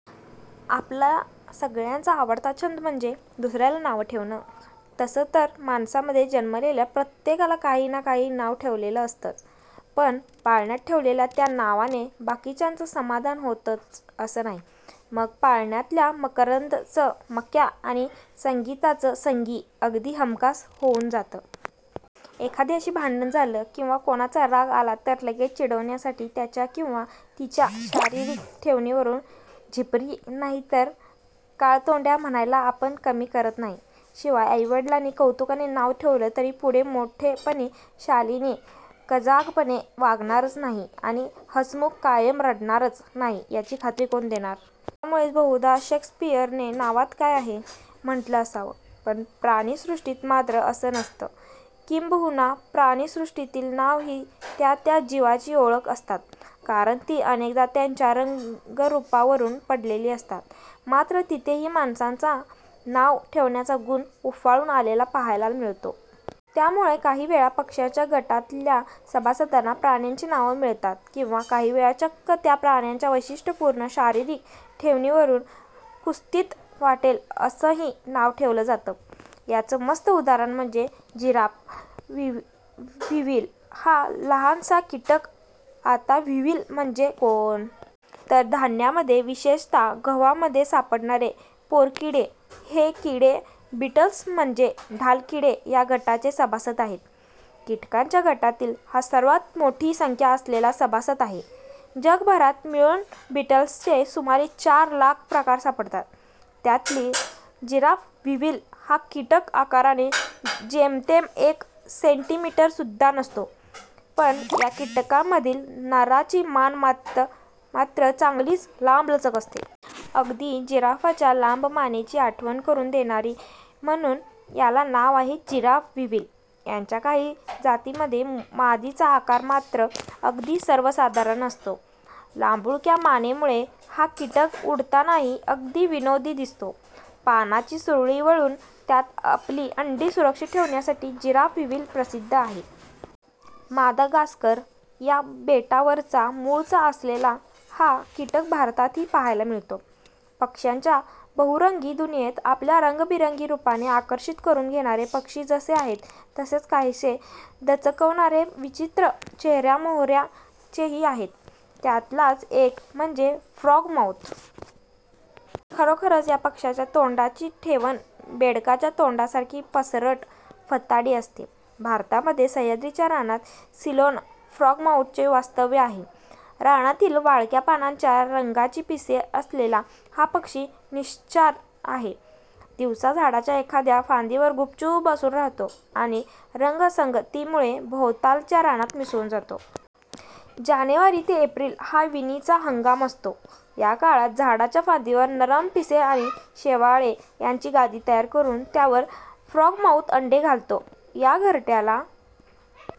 आपला सगळ्यांचा आवडता छंद म्हणजे दुसऱ्याला नावं ठेवणं. तसं तर माणसांमध्ये जन्मलेल्या प्रत्येकाला काही ना काही नाव ठेवलेलं असतंच, पण पाळण्यात ठेवलेल्या त्या नावाने बाकीच्यांचं समाधान होतंच असं नाही, मग पाळणातल्या 'मकरंद'चं 'मक्या' आणि 'संगीताचं' 'संगी' अगदी हमखास होऊन जातं. एखाद्याशी भांडण झालं किंवा कोणाचा राग आला तर लगेच चिडवण्यासाठी त्याच्या किंवा तिच्या शारीरिक ठेवणीवरून 'झिपरी' नाहीतर 'काळतोंड्या' म्हणायला आपण कमी करत नाही. शिवाय आई-वडिलांनी कौतुकाने नाव ठेवलं तरी पुढे मोठेपणी 'शालिनी' कजागपणे वागणारच नाही आणि 'हसमुख' कायम रडणारच नाही याची खात्री कोण देणार? त्यामुळेच बहुधा शेक्सपियरने 'नावात काय आहे? ' म्हटलं असावं. पण प्राणिसृष्टीत मात्र असं नसतं. किंबहुना प्राणिसृष्टीतील नावं ही त्या त्या जीवाची ओळख असतात, कारण ती अनेकदा त्याच्या रंगरुपावरून पडलेली असतात. मात्र तिथेही माणसाचा 'नाव ठेवण्याचा' गुण उफाळून आलेला पाहायला मिळतो. त्यामुळे काही वेळा पक्ष्यांच्या गटातल्या सभासदांना प्राण्यांची नावं मिळतात किंवा काहीवेळा चक्क त्या प्राण्याच्या वैशिष्ट्यपूर्ण शारीरिक ठेवणीवरून कुत्सित वाटेल असंही नाव ठेवलं जातं. याचं मस्त उदाहरण म्हणजे 'जिराफ विव्हिल' हा लहानसा कीटक. आता 'विव्हिल' म्हणजे कोण? तर धान्यांमध्ये, विशेषतः गव्हामध्ये सापडणारे 'पोरकिडे'. हे किडे बिटल्स म्हणजे ढालकिडे या गटाचे सभासद आहेत. कीटकांच्या गटातील हा सर्वांत मोठी संख्या असलेला सभासद आहे. जगभरात मिळून बिटल्सचे सुमारे चार लाख प्रकार सापडतात. त्यातील 'जिराफ विव्हिल' हा कीटक आकाराने जेमतेम एक सेंटिमीटरसुद्धा नसतो, पण या कीटकांमधील नराची मान मात्र चांगलीच लांबलचक असते. अगदी जिराफाच्या लांबमानेची आठवण करून देणारी! म्हणून याला नाव आहे 'जिराफ विव्हिल'. याच्या काही जातींमध्ये मादीचा आकार मात्र अगदी सर्वसाधारण असतो. लांबुळक्या मानेमुळे हा कीटक उडतानाही अगदी विनोदी दिसतो. पानाची सुरळी वळून त्यात आपली अंडी सुरक्षित ठेवण्यासाठी जिराफ विव्हिल प्रसिद्ध आहे. मादागास्कर या बेटावरचा मूळचा असलेला हा कीटक भारतातही पाहायला मिळतो. पक्ष्यांच्या बहुरंगी दुनियेत आपल्या रंगीबेरंगी रुपाने आकर्षित करून घेणारे पक्षी जसे आहेत, तसेच काहिसे दचकवणारे, विचित्र चेहऱ्यामोहऱ्याचेही आहेत. त्यातलाच एक म्हणजे 'फ्रॉग माऊथ'. खरोखरच या पक्ष्याच्या तोंडाची ठेवण बेडकाच्या तोंडासारखी पसरट, फताडी असते. भारतामध्ये सह्याद्रीच्या रानात 'सिलोन फ्रॉगमाऊथ'चे वास्तव्य आहे. रानातील वाळक्या पानांच्या रंगाची पिसे असलेला हा पक्षी निशाचर आहे. दिवसा झाडाच्या एखाद्या फांदीवर गुपचूप बसून राहतो आणि रंगसंगतीमुळे भोवतालच्या रानात मिसळून जातो. जानेवारी ते एप्रिल हा विणीचा हंगाम असतो. या काळात झाडाच्या फांदीवर नरम पिसे आणि शेवाळे यांची गादी तयार करून त्यावर फ्रॉगमाऊथ अंडे घालतो. या घरट्याला